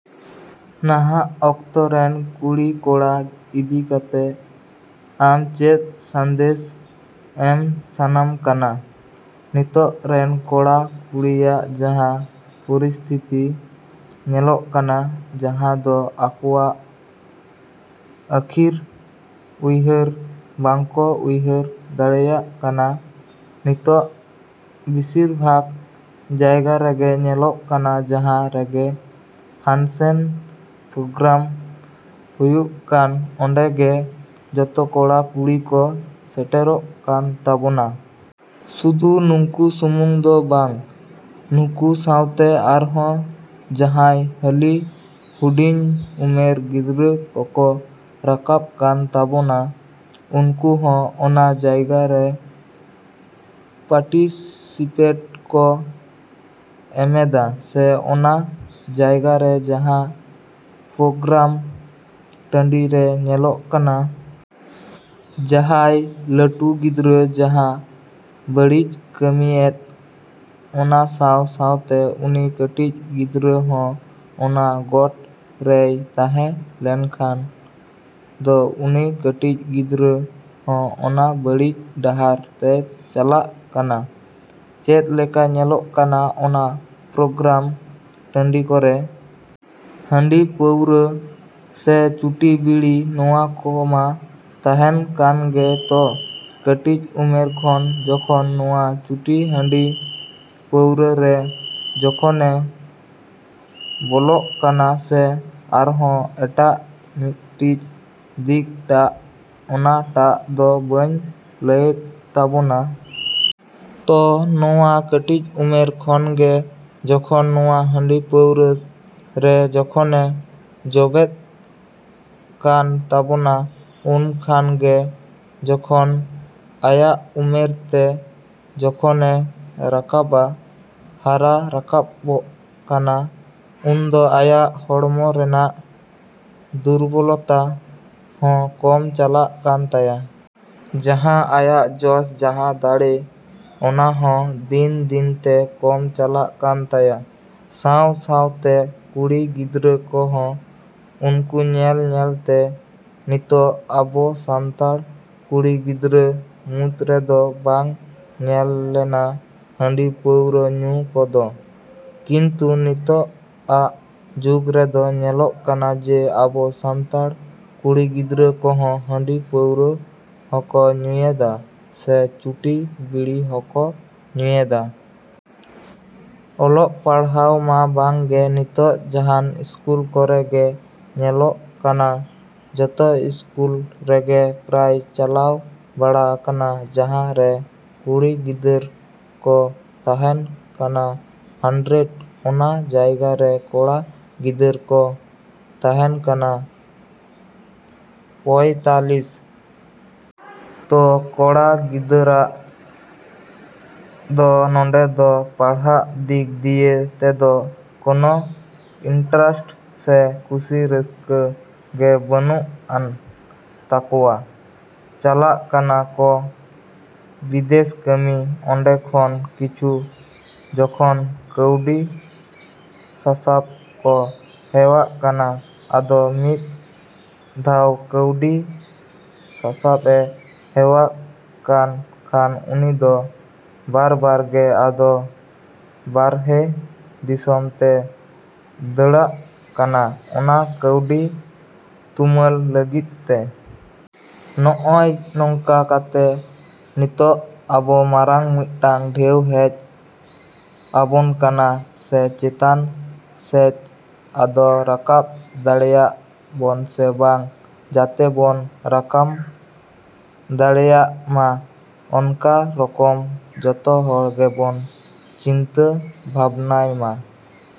‎ᱱᱟᱦᱟᱜ ᱚᱠᱛᱚ ᱨᱮᱱ ᱠᱩᱲᱤ ᱠᱚᱲᱟ ᱤᱫᱤ ᱠᱟᱛᱮ ᱟᱢ ᱪᱮᱫ ᱥᱟᱸᱫᱮᱥ ᱮᱢ ᱥᱟᱱᱟᱢ ᱠᱟᱱᱟ? ᱱᱤᱛᱚᱜ ᱨᱮᱱ ᱠᱚᱲᱟ ᱠᱩᱲᱤᱭᱟᱜ ᱡᱟᱦᱟᱸ ᱯᱚᱨᱤᱥᱛᱤᱛᱤ ᱧᱮᱞᱚᱜ ᱠᱟᱱᱟ, ᱡᱟᱦᱟᱸ ᱫᱚ ᱟᱠᱚᱣᱟᱜ ᱟᱹᱠᱷᱤᱨ ᱩᱭᱦᱟᱹᱨ ᱵᱟᱝᱠᱚ ᱩᱭᱦᱟᱹᱨ ᱫᱟᱲᱮᱭᱟᱜ ᱠᱟᱱᱟ᱾ ᱱᱤᱛᱚᱜ ᱵᱤᱥᱤᱨ ᱵᱷᱟᱜᱽ ᱡᱟᱭᱜᱟ ᱨᱮᱜᱮ ᱧᱮᱞᱚᱜ ᱠᱟᱱᱟ ᱡᱟᱦᱟᱸ ᱨᱮᱜᱮ ᱯᱷᱟᱱᱥᱮᱱ ᱯᱨᱳᱜᱨᱟᱢ ᱦᱩᱭᱩᱜ ᱠᱟᱱ ᱚᱸᱰᱮ ᱜᱮ ᱡᱚᱛᱚ ᱠᱚᱲᱟ ᱠᱩᱲᱤ ᱠᱚ ᱥᱮᱴᱮᱨᱚᱜ ᱠᱟᱱ ᱛᱟᱵᱚᱱᱟ᱾ ᱥᱩᱫᱩ ᱱᱩᱠᱩ ᱥᱩᱢᱟᱝ ᱫᱚ ᱵᱟᱝ, ᱱᱩᱠᱩ ᱥᱟᱶᱛᱮ ᱟᱨᱦᱚᱸ ᱡᱟᱦᱟᱸᱭ ᱦᱟᱹᱞᱤ ᱦᱩᱰᱤᱧ ᱩᱢᱮᱨ ᱜᱤᱫᱽᱨᱟᱹ ᱠᱚᱠᱚ ᱨᱟᱠᱟᱵ ᱠᱟᱱ ᱛᱟᱵᱚᱱᱟ, ᱩᱱᱠᱩ ᱦᱚᱸ ᱚᱱᱟ ᱡᱟᱭᱜᱟ ᱨᱮ ᱯᱟᱴᱤᱥᱤᱯᱮᱴ ᱠᱚ ᱮᱢᱮᱫᱟ ᱥᱮ ᱚᱱᱟ ᱡᱟᱭᱜᱟ ᱨᱮ ᱡᱟᱦᱟᱸ ᱯᱨᱳᱜᱨᱟᱢ ᱴᱟᱺᱰᱤ ᱨᱮ ᱧᱮᱞᱚᱜ ᱠᱟᱱᱟ᱾ ᱡᱟᱦᱟᱭ ᱞᱟᱹᱴᱩ ᱜᱤᱫᱽᱨᱟᱹ ᱡᱟᱦᱟᱸ ᱵᱟᱹᱲᱤᱡ ᱠᱟᱹᱢᱤᱭᱮᱫ, ᱚᱱᱟ ᱥᱟᱶ ᱥᱟᱶᱛᱮ ᱩᱱᱤ ᱠᱟᱹᱴᱤᱡ ᱜᱤᱫᱽᱨᱟᱹ ᱦᱚᱸ ᱚᱱᱟ ᱜᱚᱴ ᱨᱮᱭ ᱛᱟᱦᱮᱸ ᱞᱮᱱ ᱠᱷᱟᱱ ᱫᱚ ᱩᱱᱤ ᱠᱟᱹᱴᱤᱡ ᱜᱤᱫᱽᱨᱟᱹ ᱦᱚᱸ ᱚᱱᱟ ᱵᱟᱹᱲᱤᱡ ᱰᱟᱦᱟᱨ ᱛᱮᱭ ᱪᱟᱞᱟᱜ ᱠᱟᱱᱟ᱾ ᱪᱮᱫ ᱞᱮᱠᱟ ᱧᱮᱞᱚᱜ ᱠᱟᱱᱟ ᱚᱱᱟ ᱯᱨᱳᱜᱨᱟᱢ ᱴᱟᱺᱰᱤ ᱠᱚᱨᱮ? ᱦᱟᱺᱰᱤ ᱯᱟᱹᱣᱨᱟᱹ ᱥᱮ ᱪᱩᱴᱤ ᱵᱤᱲᱤ ᱱᱚᱣᱟ ᱠᱚᱢᱟ ᱛᱟᱦᱮᱱ ᱠᱟᱱ ᱜᱮ ᱛᱚ᱾ ᱠᱟᱹᱴᱤᱡ ᱩᱢᱮᱨ ᱠᱷᱚᱱ ᱡᱚᱠᱷᱚᱱ ᱱᱚᱣᱟ ᱪᱩᱴᱤ ᱦᱟᱺᱰᱤ ᱯᱟᱹᱣᱨᱟᱹ ᱨᱮ ᱡᱚᱠᱷᱚᱱᱮ ᱵᱚᱞᱚᱜ ᱠᱟᱱᱟ ᱥᱮ ᱟᱨᱦᱚᱸ ᱮᱴᱟᱜ ᱢᱤᱫᱴᱤᱡ ᱫᱤᱠ ᱴᱟᱜ ᱚᱱᱟ ᱴᱟᱜ ᱫᱚ ᱵᱟᱹᱧ ᱞᱟᱹᱭᱮᱫ ᱛᱟᱵᱚᱱᱟ᱾ ᱛᱚ ᱱᱚᱣᱟ ᱠᱟᱹᱴᱤᱡ ᱩᱢᱮᱨ ᱠᱷᱚᱱ ᱜᱮ ᱡᱚᱠᱷᱚᱱ ᱱᱚᱣᱟ ᱦᱟᱺᱰᱤ ᱯᱟᱹᱣᱨᱟᱹ ᱨᱮ ᱡᱚᱠᱷᱚᱱᱮ ᱡᱚᱵᱮᱫ ᱠᱟᱱ ᱛᱟᱵᱚᱱᱟ, ᱩᱱ ᱠᱷᱟᱱ ᱜᱮ ᱡᱚᱠᱷᱚᱱ ᱟᱭᱟᱜ ᱩᱢᱮᱨ ᱛᱮ ᱡᱚᱠᱷᱚᱱᱮ ᱨᱟᱠᱟᱵᱟ, ᱦᱟᱨᱟ ᱨᱟᱠᱟᱵᱚᱜ ᱠᱟᱱᱟ, ᱩᱱᱫᱚ ᱟᱭᱟᱜ ᱦᱚᱲᱢᱚ ᱨᱮᱱᱟᱜ ᱫᱩᱨᱵᱚᱞᱚᱛᱟ ᱦᱚᱸ ᱠᱚᱢ ᱪᱟᱞᱟᱜ ᱠᱟᱱ ᱛᱟᱭᱟ᱾ ᱡᱟᱦᱟᱸ ᱟᱭᱟᱜ ᱡᱚᱥ, ᱡᱟᱦᱟᱸ ᱫᱟᱲᱮ, ᱚᱱᱟ ᱦᱚᱸ ᱫᱤᱱ ᱫᱤᱱᱛᱮ ᱠᱚᱢ ᱪᱟᱞᱟᱜ ᱠᱟᱱ ᱛᱟᱭᱟ᱾ ᱥᱟᱶ ᱥᱟᱶᱛᱮ ᱠᱩᱲᱤ ᱜᱤᱫᱟᱹᱨ ᱠᱚ ᱦᱚᱸ ᱩᱱᱠᱩ ᱧᱮᱞ ᱧᱮᱞᱛᱮ ᱱᱤᱛᱚᱜ ᱟᱵᱚ ᱥᱟᱱᱛᱟᱲ ᱠᱩᱲᱤ ᱜᱤᱫᱽᱨᱟᱹ ᱢᱩᱫᱽ ᱨᱮᱫᱚ ᱵᱟᱝ ᱧᱮᱞ ᱞᱮᱱᱟ ᱦᱟᱺᱰᱤ ᱯᱟᱹᱣᱨᱟᱹ ᱧᱩ ᱠᱚᱫᱚ, ᱠᱤᱱᱛᱩ ᱱᱤᱛᱚᱜᱼᱟᱜ ᱡᱩᱜᱽ ᱨᱮᱫᱚ ᱧᱮᱞᱚᱜ ᱠᱟᱱᱟ ᱡᱮ ᱟᱵᱚ ᱥᱟᱱᱛᱟᱲ ᱠᱩᱲᱤ ᱜᱤᱫᱟᱹᱨ ᱠᱚᱦᱚᱸ ᱦᱟᱺᱰᱤ ᱯᱟᱹᱣᱨᱟᱹ ᱦᱚᱠᱚ ᱧᱩᱭᱮᱫᱟ ᱥᱮ ᱪᱩᱴᱤ ᱵᱤᱲᱤ ᱦᱚᱠᱚ ᱧᱩᱭᱮᱫᱟ᱾ ᱚᱞᱚᱜ ᱯᱟᱲᱦᱟᱣ ᱢᱟ ᱵᱟᱝ ᱜᱮ᱾ ᱱᱤᱛᱚᱜ ᱡᱟᱦᱟᱱ ᱤᱥᱠᱩᱞ ᱠᱚᱨᱮ ᱜᱮ ᱧᱮᱞᱚᱜ ᱠᱟᱱᱟ, ᱡᱚᱛᱚ ᱤᱥᱠᱩᱞ ᱨᱮᱜᱮ ᱯᱨᱟᱭ ᱪᱟᱞᱟᱣ ᱵᱟᱲᱟ ᱟᱠᱟᱱᱟ ᱡᱟᱦᱟᱸ ᱨᱮ ᱠᱩᱲᱤ ᱜᱤᱫᱟᱹᱨ ᱠᱚ ᱛᱟᱦᱮᱱ ᱠᱟᱱᱟ ᱦᱟᱱᱰᱨᱮᱰ, ᱚᱱᱟ ᱡᱟᱭᱜᱟ ᱨᱮ ᱠᱚᱲᱟ ᱜᱤᱫᱟᱹᱨ ᱠᱚ ᱛᱟᱦᱮᱱ ᱠᱟᱱᱟ ᱯᱚᱭᱛᱟᱞᱤᱥ᱾ ᱛᱚ ᱠᱚᱲᱟ ᱜᱤᱫᱟᱹᱨᱟᱜ ᱫᱚ ᱱᱚᱰᱮ ᱫᱚ ᱯᱟᱲᱦᱟᱜ ᱫᱤᱠ ᱫᱤᱭᱮ ᱛᱮᱫᱚ ᱠᱚᱱᱚ ᱤᱱᱴᱨᱟᱥᱴ ᱥᱮ ᱠᱩᱥᱤ ᱨᱟᱹᱥᱠᱟᱹ ᱜᱮ ᱵᱟᱱᱩᱜᱼᱟᱱ ᱛᱟᱠᱚᱣᱟ᱾ ᱪᱟᱞᱟᱜ ᱠᱟᱱᱟ ᱠᱚ ᱵᱤᱫᱮᱥ ᱠᱟᱹᱢᱤ, ᱚᱸᱰᱮ ᱠᱷᱚᱱ ᱠᱤᱪᱷᱩ ᱡᱚᱠᱷᱚᱱ ᱠᱟᱹᱣᱰᱤ ᱥᱟᱥᱟᱵ ᱠᱚ ᱦᱮᱣᱟᱜ ᱠᱟᱱᱟ, ᱟᱫᱚ ᱢᱤᱫ ᱫᱷᱟᱣ ᱠᱟᱹᱣᱰᱤ ᱥᱟᱥᱟᱵᱮ ᱦᱮᱣᱟᱜ ᱠᱟᱱ ᱠᱷᱟᱱ ᱩᱱᱤ ᱫᱚ ᱵᱟᱨᱼᱵᱟᱨ ᱜᱮ ᱟᱫᱚ ᱵᱟᱨᱦᱮ ᱫᱤᱥᱚᱢ ᱛᱮ ᱫᱟᱹᱲᱟᱜ ᱠᱟᱱᱟ ᱚᱱᱟ ᱠᱟᱹᱣᱰᱤ ᱛᱩᱢᱟᱹᱞ ᱞᱟᱹᱜᱤᱫ ᱛᱮ᱾ ᱱᱚᱜᱼᱚᱭ ᱱᱚᱝᱠᱟ ᱠᱟᱛᱮ ᱱᱤᱛᱚᱜ ᱟᱵᱚ ᱢᱟᱨᱟᱝ ᱢᱤᱫᱴᱟᱝ ᱰᱷᱮᱣ ᱦᱮᱡ ᱟᱵᱚᱱ ᱠᱟᱱᱟ ᱡᱮ ᱪᱮᱛᱟᱱ ᱥᱮᱡ ᱟᱫᱚ ᱨᱟᱠᱟᱵ ᱫᱟᱲᱮᱭᱟᱜ ᱵᱚᱱ ᱥᱮ ᱵᱟᱝ? ᱡᱟᱛᱮ ᱵᱚᱱ ᱨᱟᱠᱟᱢ ᱫᱟᱲᱮᱭᱟᱜ ᱢᱟ ᱚᱱᱠᱟ ᱨᱚᱠᱚᱢ ᱡᱚᱛᱚ ᱦᱚᱲ ᱜᱮᱵᱚᱱ ᱪᱤᱱᱛᱟᱹ ᱵᱷᱟᱵᱱᱟᱭᱢᱟ। ‎